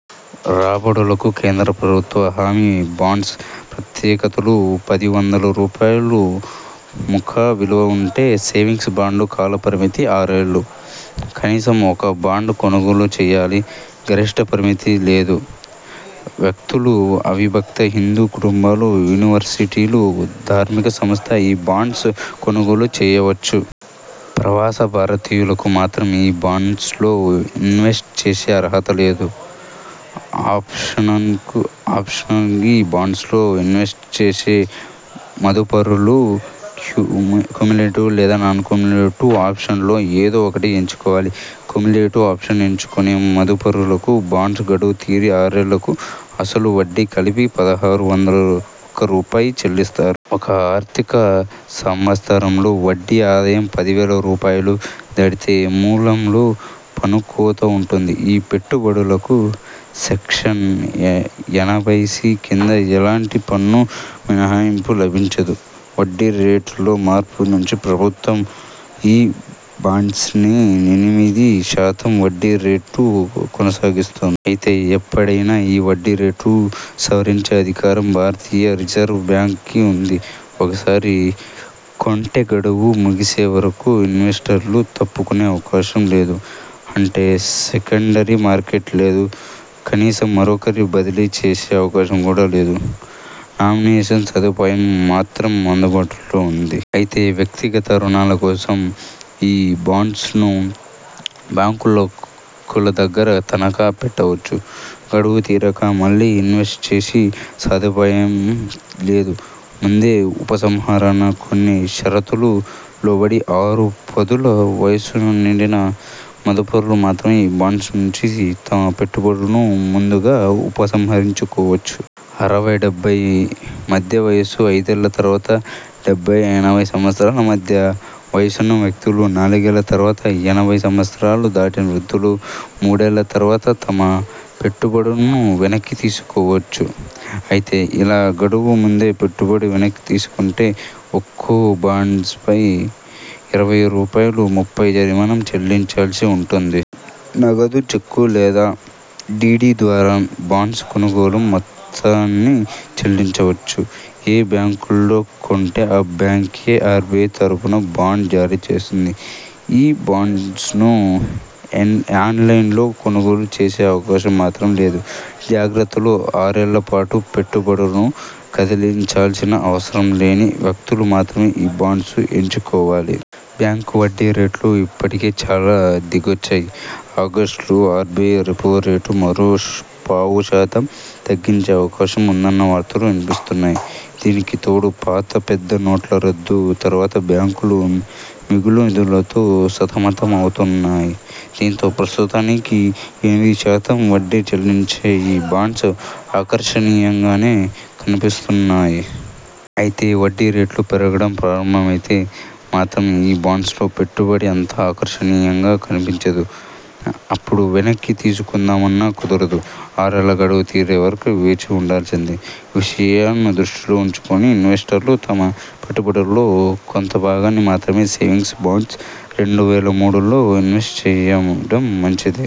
రాబడులకు కేంద్ర ప్రభుత్వ హామీ బాండ్స్ ప్రత్యేకతలు పది వందల రూపాయలు ముఖ విలువ ఉంటే సేవింగ్స్ బాండ్ కాల పరిమితి ఆరేళ్లు. కనీసం ఒక బాండ్ కొనుగోలు చేయాలి. గరిష్ఠ పరిమితి లేదు. వ్యక్తులు, అవిభక్త హిందూ కుటుంబాలు, యూనివర్సిటీలు, ధార్మిక సంస్థలు ఈ బాండ్స్ కొనుగోలు చేయవచ్చు. ప్రవాస భారతీయులకు మాత్రం ఈ బాండ్స్లో ఇన్వెస్ట్ చేసే అర్హత లేదు. ఆప్షన్నకు ఆప్షన్స్ఈ బాండ్స్లో ఇన్వెస్ట్ చేసే మదుపరులు కుమీ క్యుములేటివ్ లేదా నాన్ క్యుములేటివ్ ఆప్షన్స్లో ఏదో ఒకటి ఎంచుకోవాలి. క్యుములేటివ్ ఆప్షన్ ఎంచుకునే మదుపరులకు బాండ్స్ గడువు తీరిన ఆరేళ్లకు అసలు, వడ్డీ కలిపి పదహారు వందల ఒక రూపాయలు చెల్లిస్తారు. ఒక ఆర్థిక సంవత్సరంలో వడ్డీ ఆదాయం పది వేల రూపాయలు దాటితే మూలంలో పన్ను కోత ఉంటుంది. ఈ పెట్టు బడులకు సెక్షన్ ఎ ఎనభైసి కింద ఎలాంటి పన్ను మినహాయింపు లభించదు. వడ్డీ రేటులో మార్పు నుంచి ప్రభుత్వం ఈ బాండ్స్ని ఎనిమిది శాతం వడ్డీ రేటు కొనసాగిస్తోం అయితే ఎపుడైనా ఈ వడ్డీ రేటు సవరించే అధికారం భారతీయ రిజర్వ్ బ్యాంక్ కి ఉంది. ఒకసారి కొంటే గడువు ముగిసే వరకు ఇన్వెస్టర్లు తప్పుకునే అవకాశం లేదు. అంటే సెకండరీ మార్కెట్ లేదు. కనీసం మరొకరికి బదిలీ చేసే అవకాశమూ కూడ లేదు. నామినేషన్ సదుపాయం మాత్రం అందుబాటులో ఉంది. అయితే వ్యక్తిగత రుణాల కోసం ఈ బాండ్స్ను బ్యాంకుల కుల దగ్గర తనఖా పెట్టవచ్చు. గడువు తీరాక మళ్లీ ఇన్వెస్ట్ చేసే సదుపాయం లేదు. ముందే ఉపసంహరణ కొన్ని షరతులు లోబడి ఆరు పదుల వయసు నిండిన మదుపరులు మాత్రమే ఈ బాండ్స్ నుంచి తమ పెట్టుబడులను ముందుగా ఉపసంహరించుకోవచ్చు. అరవై, డెబ్బై మధ్య వయస్కులు ఐదేళ్ల తర్వాత, డెబ్బై-ఎనభై సంవత్సరాల మధ్య వయసున్న వ్యక్తులు నాలుగేళ్ల తర్వాత, ఎనభై సంవత్సరాలు దాటిన వృద్ధులు మూడేళ్ల తర్వాత తమ పెట్టుబడులను వెనక్కి తీసుకోవచ్చు. అయితే ఇలా గడువుకు ముందే పెట్టుబడి వెనక్కి తీసుకుంటే ఒక్కో బాండ్స్పై ఇరవై రూపాయలు, ముప్పై జరిమానా చెల్లించాల్సి ఉంటుంది. నగదు, చెక్కు లేదా డిడి ద్వారా బాండ్స్ కొనుగోళ్ల మొత్తాన్ని చెల్లించవచ్చు. ఏ బ్యాంకులో కొంటే ఆ బ్యాంకే ఆర్బిఐ తరఫున బాండ్ జారీ చేస్తుంది. ఈ బాండ్స్ను ఎన్ ఆన్లైన్లో కొనుగోలు చేసే అవకాశం మాత్రం లేదు. జాగ్రత్తలు ఆరేళ్ల పాటు పెట్టు బడులను కదిలించాల్సిన అవసరం లేని వ్యక్తులు మాత్రమే ఈ బాండ్స్ ఎంచుకోవాలి. బ్యాంకు వడ్డీ రేట్లు ఇప్పటికే చాలా దిగొచ్చాయి. ఆగస్టు లో ఆర్బిఐ రెపో రేటు మరో పావు శాతం తగ్గించే అవకాశం ఉందన్న వార్తలు వినిపిస్తున్నాయి. దీనికి తోడు పాత పెద్ద నోట్ల రద్దు తర్వాత బ్యాంకులూ మిగులు నిధులతో సతమత మవుతున్నాయి. దీంతో ప్రస్తుతానికి ఎనిమిది శాతం వడ్డీ చెల్లించే ఈ బాండ్స్ ఆకర్షణీయంగానే కనిపిస్తున్నాయి. అయితే వడ్డీ రేట్లు పెరగడం ప్రారంభమైతే మాత్రం ఈ బాండ్స్లో పెట్టుబడి అంత ఆకర్షణీయంగా కనిపించదు. అప్పుడు వెనక్కి తీసుకుందామన్నా కుదరదు. ఆరేళ్ల గడువు తీరే వరకు వేచి చూడాల్సిందే. ఈ విషయం దృష్టిలో ఉంచుకుని ఇన్వెస్టర్లు తమ పెట్టుబడుల్లో కొంత భాగాన్ని మాత్రమే సేవింగ్స్ బాండ్స్, రెండు వేల మూడులో ఇన్వెస్ట్ చేయడం మంచిది.